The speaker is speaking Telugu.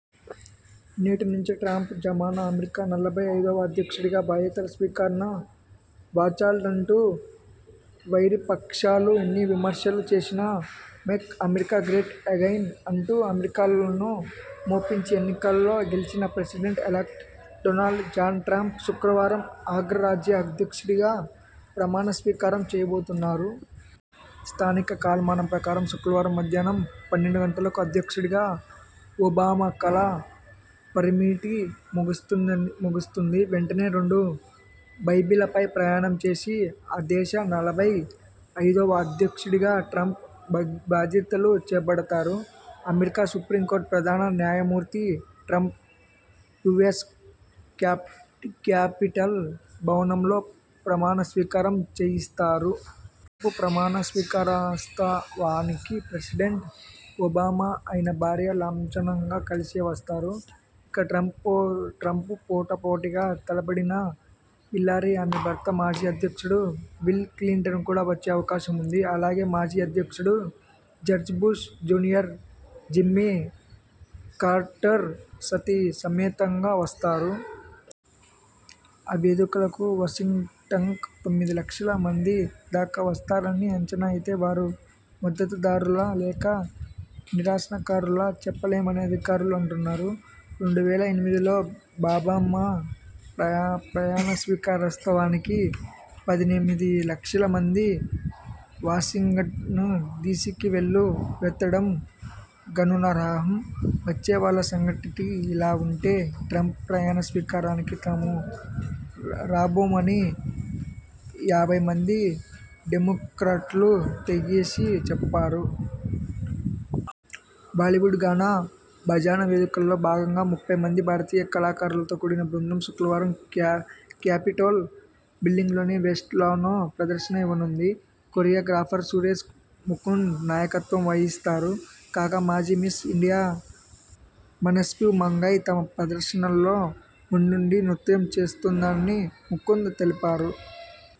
నేటి నుంచే ట్రంప్ జమానా అమెరికా నలభై ఐదువ అధ్యక్షుడిగా బాధ్యతల స్వీకరణ.. వాచాలుడంటూ వైరిపక్షాలు ఎన్ని విమర్శలు చేసినా 'మేక్ అమెరికా గ్రేట్ ఎగైన్' అంటూ అమెరికన్లను మెప్పించి ఎన్నికల్లో గెలిచిన president elect.. Donald John Trump.. శుక్రవారం అగ్రరాజ్య అధ్యక్షుడిగా ప్రమాణ స్వీకారం చేయబోతున్నారు. స్థానిక కాలమానం ప్రకారం శుక్రవారం మధ్యాహ్నం పన్నెండు గంటలకు.. అధ్యక్షుడిగా ఒబామా కాల పరిమితి ముగుస్తుంది ముగుస్తుంది. వెంటనే, రెండు బైబిళ్ల పై ప్రమాణం చేసి ఆ దేశ నలభై ఐదువ అధ్యక్షుడిగా ట్రంప్ బాధ్యతలు చేపడతారు. అమెరికా సుపీరంకోర్టు ప్రధాన న్యాయమూర్తి ట్రంప్తో యూఎస్ క్యాప్ క్యాపిటల్ భవనంలో ప్రమాణ స్వీకారం చేయిస్తాడు ట్రంప్ ప్రమాణ స్వీకారోత్స వానికి ప్రెసిడెంట్ ఒబామా, ఆయన భార్య లాంఛనంగా కలిసే వస్తారు. ఇక, ట్రంప్తో ట్రంప్ పోటా పోటీగా తలపడిన హిల్లరీ, ఆమె భర్త, మాజీ అధ్యక్షుడు బిల్ క్లింటన్ కూడా వచ్చే అవకాశం ఉంది. అలాగే, మాజీ అధ్యక్షుడు George Bush junior, Jimmy Carter సతీ సమేతంగా వస్తారు. ఈ వేడుకలకు వాషింగ్టన్కు తొమ్మిది లక్షల మంది దాకా వస్తారని అంచనా. అయితే వారు మద్దతు దారులా లేక నిరసనకారులా చెప్పలేమని అధికారులు అంటున్నారు. రెండు వేల ఎనిమిదిలో ఒబామా ప్రమాణస్వీకారోత్సవానికి పద్దెనిమిది లక్షల మంది వాషింగ్టన్ డీసీకి వెల్లు వెత్తడం గమనార్హం. వచ్చేవాళ్ల సంగతి ఇలా ఉంటే, ట్రంప్ ప్రయాణ స్వీకారానికి తాము రాబోమని యాభై మంది డెమొక్రాట్లు తెగేసి చెప్పారు. బాలీవుడ్ గానా బజానా వేడుకల్లో భాగంగా ముప్పై మంది భారతీయ కళాకారులతో కూడిన బృందం శుక్రవారం క్యాప్ క్యాపిటోల్ బిల్డింగ్లోని వెస్ట్ లాన్లో ప్రదర్శన ఇవ్వనుంది. కొరియో గ్రాఫర్ సురేష్ ముకుంద్ నాయకత్వం వహిస్తారు. కాగా, మాజీ మిస్ ఇండియా మనస్వి మంగాయ్ తమ ప్రదర్శనలో ముందుండి నృత్యం చేస్తుందని ముకుంద్ తెలిపారు.